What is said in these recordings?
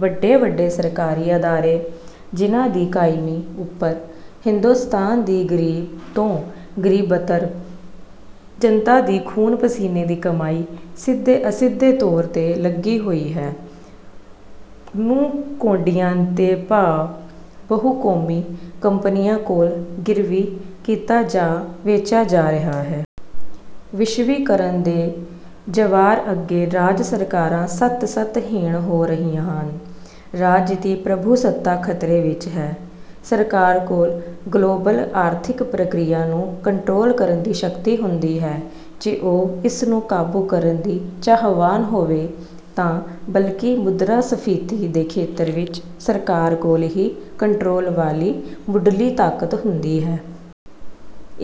ਵੱਡੇ-ਵੱਡੇ ਸਰਕਾਰੀ ਅਦਾਰੇ ਜਿਨ੍ਹਾਂ ਦੀ ਕਾਇਮੀ ਉੱਪਰ ਹਿੰਦੋਸਤਾਨ ਦੀ ਗਰੀਬ ਤੋਂ ਗਰੀਬਤਰ ਜਨਤਾ ਦੀ ਖੂਨ ਪਸੀਨੇ ਦੀ ਕਮਾਈ ਸਿੱਧੇ-ਅਸਿੱਧੇ ਤੌਰ ਤੇ ਲੱਗੀ ਹੋਈ ਹੈ, ਨੂੰ ਕੌਡੀਆਂ ਦੇ ਭਾਅ ਬਹੁ-ਕੌਮੀ ਕੰਪਨੀਆਂ ਕੋਲ ਗਿਰਵੀ ਕੀਤਾ ਜਾਂ ਵੇਚਿਆ ਜਾ ਰਿਹਾ ਹੈ। ਵਿਸ਼ਵੀਕਰਨ ਦੇ ਜਵਾਰ ਅੱਗੇ ਰਾਜ ਸਰਕਾਰਾਂ ਸੱਤ-ਸੱਤ ਹੀਣ ਹੋ ਰਹੀਆਂ ਹਨ। ਰਾਜ ਦੀ ਪ੍ਰਭੂਸੱਤਾ ਖਤਰੇ ਵਿੱਚ ਹੈ। ਸਰਕਾਰ ਕੋਲ ਗਲੋਬਲ ਆਰਥਿਕ ਪ੍ਰਕਿਰਿਆ ਨੂੰ ਕੰਟਰੋਲ ਕਰਨ ਦੀ ਸ਼ਕਤੀ ਹੁੰਦੀ ਹੈ, ਜੇ ਉਹ ਇਸ ਨੂੰ ਕਾਬੂ ਕਰਨ ਦੀ ਚਾਹਵਾਨ ਹੋਵੇ ਤਾਂ ਬਲਕਿ ਮੁਦਰਾ ਸਫੀਤੀ ਦੇ ਖੇਤਰ ਵਿੱਚ ਸਰਕਾਰ ਕੋਲ ਹੀ ਕੰਟਰੋਲ ਵਾਲੀ ਮੁਢਲੀ ਤਾਕਤ ਹੁੰਦੀ ਹੈ।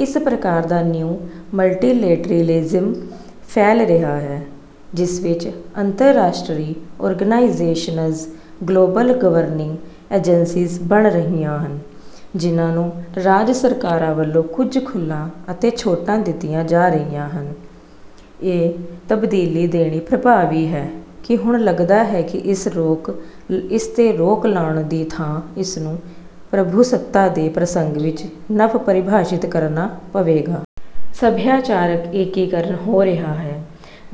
ਇਸ ਪ੍ਰਕਾਰ ਦਾ ਨਿਊ ਮਲਟੀਲੇਟਰੇਲਿਜ਼ਮ ਫੈਲ ਰਿਹਾ ਹੈ, ਜਿਸ ਵਿੱਚ ਅੰਤਰਾਸ਼ਟਰੀ ਔਰਗਨਾਈਜੇਸ਼ਨਜ਼, ਗਲੋਬਲ ਗਵਰਨਿੰਗ ਏਜੰਸੀਜ਼ ਬਣ ਰਹੀਆਂ ਹਨ, ਜਿਨ੍ਹਾਂ ਨੂੰ ਰਾਜ ਸਰਕਾਰਾਂ ਵੱਲੋਂ ਕੁਝ ਖੁੱਲਾਂ ਅਤੇ ਛੋਟਾਂ ਦਿੱਤੀਆਂ ਜਾ ਰਹੀਆਂ ਹਨ। ਇਹ ਤਬਦੀਲੀ ਦੇਣੀ ਪ੍ਰਭਾਵੀ ਹੈ ਕਿ ਹੁਣ ਲਗਦਾ ਹੈ ਕਿ ਇਸ ਤੇ ਰੋਕ ਲਾਉਣ ਦੀ ਥਾਂ ਇਸ ਨੂੰ ਪ੍ਰਭੂਸੱਤਾ ਦੇ ਪ੍ਰਸੰਗ ਵਿੱਚ ਨਵ ਪਰਿਭਾਸ਼ਿਤ ਕਰਨਾ ਪਵੇਗਾ। ਸਭਿਆਚਾਰਕ ਏਕੀਕਰਨ ਹੋ ਰਿਹਾ ਹੈ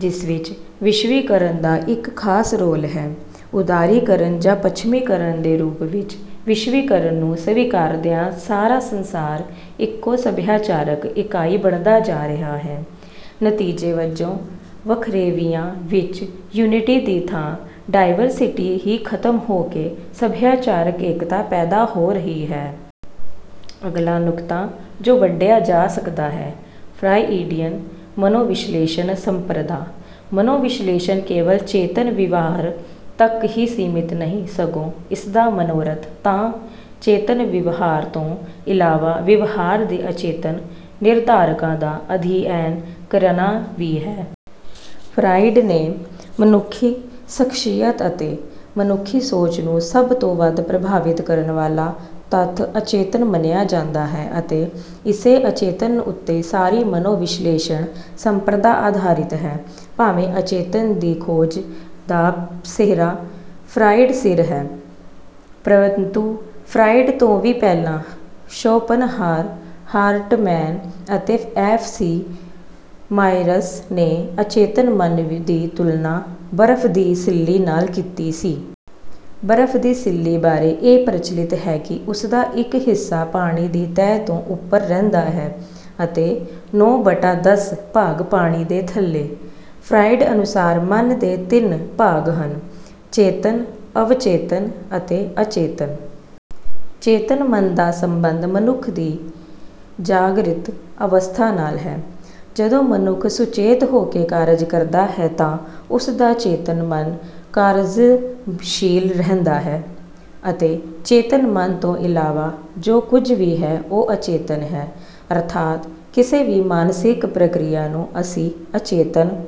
ਜਿਸ ਵਿੱਚ ਵਿਸ਼ਵੀਕਰਨ ਦਾ ਇੱਕ ਖਾਸ ਰੋਲ ਹੈ। ਉਦਾਰੀਕਰਨ ਜਾਂ ਪੱਛਮੀਕਰਨ ਦੇ ਰੂਪ ਵਿੱਚ ਵਿਸ਼ਵੀਕਰਨ ਨੂੰ ਸਵੀਕਾਰਦਿਆਂ ਸਾਰਾ ਸੰਸਾਰ ਇਕੋ ਸਭਿਆਚਾਰਕ ਇਕਾਈ ਬਣਦਾ ਜਾ ਰਿਹਾ ਹੈ। ਨਤੀਜੇ ਵਜੋਂ ਵਖਰੇਵਿਆਂ ਵਿੱਚ ਯੂਨਿਟੀ ਦੀ ਥਾਂ ਡਾਇਵਰਸਿਟੀ ਹੀ ਖਤਮ ਹੋ ਕੇ ਸਭਿਆਚਾਰਕ ਏਕਤਾ ਪੈਦਾ ਹੋ ਰਹੀ ਹੈ। ਅਗਲਾ ਨੁਕਤਾ ਜੋ ਵੰਡਿਆ ਜਾ ਸਕਦਾ ਹੈ ਫਰਾਇਡੀਅਨ ਮਨੋਵਿਸ਼ਲੇਸ਼ਣ ਸੰਪਰਦਾ। ਮਨੋਵਿਸ਼ਲੇਸ਼ਣ ਕੇਵਲ ਚੇਤਨ ਵਿਵਹਾਰ ਤੱਕ ਹੀ ਸੀਮਿਤ ਨਹੀਂ ਸਗੋਂ ਇਸਦਾ ਮਨੋਰਥ ਤਾਂ ਚੇਤਨ ਵਿਵਹਾਰ ਤੋਂ ਇਲਾਵਾ ਵਿਵਹਾਰ ਦੇ ਅਚੇਤਨ ਨਿਰਧਾਰਕਾਂ ਦਾ ਅਧਿਐਨ ਕਰਨਾ ਵੀ ਹੈ। ਫਰਾਇਡ ਨੇ ਮਨੁੱਖੀ ਸਖ਼ਸੀਅਤ ਅਤੇ ਮਨੁੱਖੀ ਸੋਚ ਨੂੰ ਸਭ ਤੋਂ ਵੱਧ ਪ੍ਰਭਾਵਿਤ ਕਰਨ ਵਾਲਾ ਤੱਥ ਅਚੇਤਨ ਮੰਨਿਆ ਜਾਂਦਾ ਹੈ ਅਤੇ ਇਸੇ ਅਚੇਤਨ ਉੱਤੇ ਸਾਰੀ ਮਨੋਵਿਸ਼ਲੇਸ਼ਣ ਸੰਪਰਦਾ ਆਧਾਰਿਤ ਹੈ। ਭਾਵੇਂ ਅਚੇਤਨ ਦੀ ਖੋਜ ਦਾ ਸਿਹਰਾ ਫਰਾਇਡ ਸਿਰ ਹੈ, ਪ੍ਰੰਤੂ ਫਰਾਇਡ ਤੋਂ ਵੀ ਪਹਿਲਾਂ ਸ਼ੋਪਨਹਾਰ, ਹਾਰਟਮੈਨ ਅਤੇ ਐਫ ਸੀ ਮਾਯਰਸ ਨੇ ਅਚੇਤਨ ਮਨ ਦੀ ਤੁਲਨਾ ਬਰਫ਼ ਦੀ ਸਿੱਲੀ ਨਾਲ ਕੀਤੀ ਸੀ। ਬਰਫ਼ ਦੀ ਸਿੱਲੀ ਬਾਰੇ ਇਹ ਪ੍ਰਚਲਿਤ ਹੈ ਕਿ ਉਸਦਾ ਇੱਕ ਹਿੱਸਾ ਪਾਣੀ ਦੀ ਤਹਿ ਤੋਂ ਉੱਪਰ ਰਹਿੰਦਾ ਹੈ ਅਤੇ ਨੌ ਬਟਾ ਦਸ ਭਾਗ ਪਾਣੀ ਦੇ ਥੱਲੇ। ਫਰਾਇਡ ਅਨੁਸਾਰ ਮਨ ਦੇ ਤਿੰਨ ਭਾਗ ਹਨ, ਚੇਤਨ, ਅਵਚੇਤਨ ਅਤੇ ਅਚੇਤਨ। ਚੇਤਨ ਮਨ ਦਾ ਸੰਬੰਧ ਮਨੁੱਖ ਦੀ ਜਾਗਰਿਤ ਅਵਸਥਾ ਨਾਲ ਹੈ। ਜਦੋਂ ਮਨੁੱਖ ਸੁਚੇਤ ਹੋ ਕੇ ਕਾਰਜ ਕਰਦਾ ਹੈ ਤਾਂ ਉਸ ਦਾ ਚੇਤਨ ਮਨ ਕਾਰਜਸ਼ੀਲ ਰਹਿੰਦਾ ਹੈ ਅਤੇ ਚੇਤਨ ਮਨ ਤੋਂ ਇਲਾਵਾ ਜੋ ਕੁੱਝ ਵੀ ਹੈ ਉਹ ਅਚੇਤਨ ਹੈ। ਅਰਥਾਤ ਕਿਸੇ ਵੀ ਮਾਨਸਿਕ ਪ੍ਰਕ੍ਰਿਆ ਨੂੰ ਅਸੀਂ ਅਚੇਤਨ